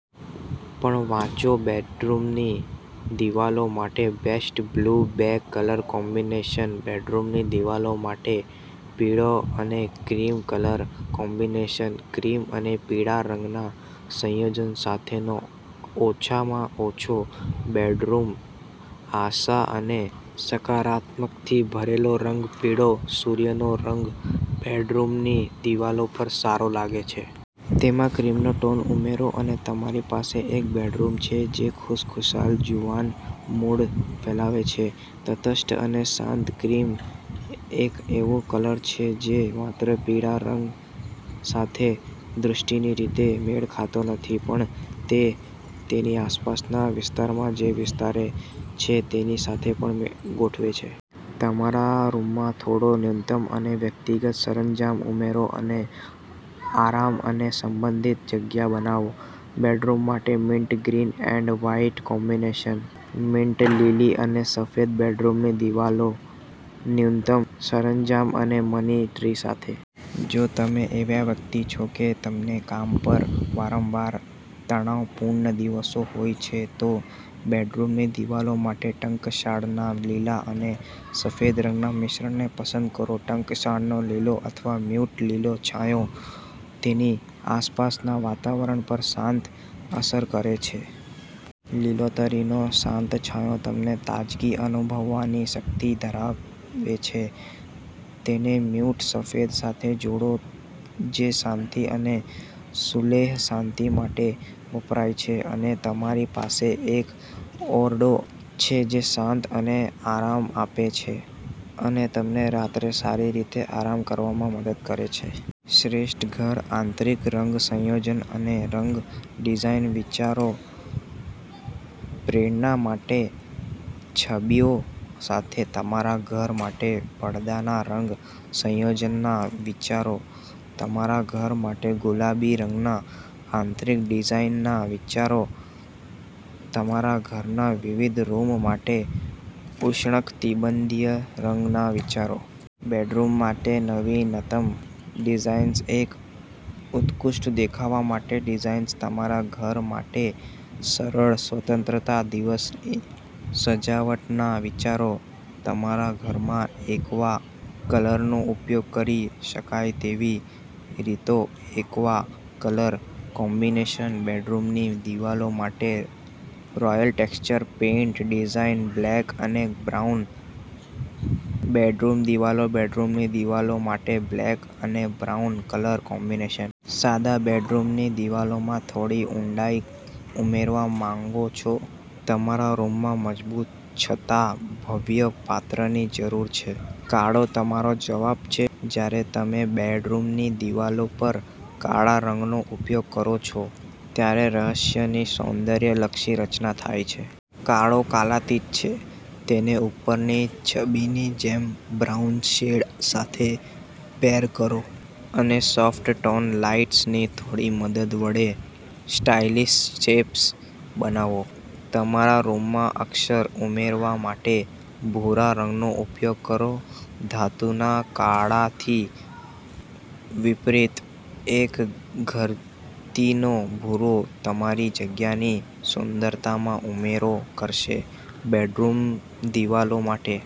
પણ વાંચો બેડરૂમની દિવાલો માટે બેસ્ટ બ્લુ બે કલર કોમ્બિનેશન બેડરૂમની દિવાલો માટે પીળો અને ક્રીમ કલર કોમ્બિનેશન. ક્રીમ અને પીળા રંગના સંયોજન સાથેનો ઓછામાં ઓછો બેડરૂમ, આશા અને સકારાત્મકતાથી ભરેલો રંગ.પીળો, સૂર્યનો રંગ, બેડરૂમની દિવાલો પર સારો લાગે છે. તેમાં ક્રીમનો ટોન ઉમેરો, અને તમારી પાસે એક બેડરૂમ છે જે ખુશખુશાલ, જુવાન મૂડ ફેલાવે છે. તટસ્થ અને શાંત, ક્રીમ એક એવો કલર છે જે માત્ર પીળા રંગ સાથે દૃષ્ટિની રીતે મેળ ખાતો નથી પણ તે તેની આસપાસના વિસ્તારમાં જે વિસ્તરે છે તેની સાથે પણ મે ગોઠવે છે. તમારા રૂમમાં થોડો ન્યૂનતમ અને વ્યક્તિગત સરંજામ ઉમેરો અને આરામ અને સંબંધિત જગ્યા બનાવો. બેડરૂમ માટે mint green and white combination. Mint લીલી અને સફેદ બેડરૂમની દિવાલો ન્યૂનતમ સરંજામ અને મની ટ્રી સાથે. જો તમે એવા વ્યક્તિ છો કે જેમને કામ પર વારંવાર તણાવપૂર્ણ દિવસો હોય છે, તો બેડરૂમની દિવાલો માટે ટંકશાળના લીલા અને સફેદ રંગના મિશ્રણને પસંદ કરો. ટંકશાળનો લીલો અથવા મ્યૂટ લીલો છાંયો તેની આસપાસના વાતાવરણ પર શાંત અસર કરે છે. લીલોતરીનો શાંત છાંયો તમને તાજગી અનુભવવાની શક્તિ ધરાવે છે. તેને મ્યૂટ સફેદ સાથે જોડો જે શાંતિ અને સુલેહ-શાંતિ માટે વપરાય છે અને તમારી પાસે એક ઓરડો છે જે શાંત અને આરામ આપે છે અને તમને રાત્રે સારી રીતે આરામ કરવામાં મદદ કરે છે. શ્રેષ્ઠ ઘર આંતરિક રંગ સંયોજન અને રંગ ડિઝાઇન વિચારો. પ્રેરણા માટે છબીઓ સાથે તમારા ઘર માટે પડદાના રંગ સંયોજનના વિચારો. તમારા ઘર માટે ગુલાબી રંગના આંતરિન ડિઝાઇનના વિચારો. તમારા ઘરના વિવિધ રૂમ માટે ઉષ્ણટિબંધીય રંગના વિચારો. બેડરૂમ માટે નવીનતમ ડિઝાઇન્સએક ઉત્કૃષ્ટ દેખાવા માટે ડિઝાઇન્સ, તમારા ઘર માટે સરળ સ્વતંત્રતા દિવસની સજાવટના વિચારો. તમારા ઘરમાં એક્વા કલરનો ઉપયોગ કરી શકાય તેવી રીતોએક્વા કલર કોમ્બિનેશન, બેડરૂમની દિવાલો માટે royal texture paint design, black અને બ્રાઉન બેડરૂમ દિવાલો, બેડરૂમની દિવાલો માટે બ્લેક અને બ્રાઉન કલર કોમ્બિનેશન. સાદા બેડરૂમની દિવાલોમાં થોડી ઊંડાઈ ઉમેરવા માંગો છો? તમારા રૂમમાં મજબૂત છતાં ભવ્ય પાત્રની જરૂર છે? કાળો તમારો જવાબ છે. જ્યારે તમે બેડરૂમની દિવાલો પર કાળા રંગનો ઉપયોગ કરો છો, ત્યારે રહસ્યની સૌંદર્યલક્ષી રચના થાય છે. કાળો કાલાતીત છે. તેને ઉપરની છબીની જેમ બ્રાઉન શેડ સાથે પેર કરો અને સોફ્ટ-ટોન લાઇટ્સની થોડી મદદ વડે સ્ટાઇલિશ શેપ બનાવો. તમારા રૂમમાં અક્ષર ઉમેરવા માટે ભૂરા રંગનો ઉપયોગ કરો. ધાતુના કાળાથી વિપરીત, એક ઘરતીનો ભૂરો તમારી જગ્યાની સુંદરતામાં ઉમેરો કરશે. બેડરૂમ દિવાલો માટે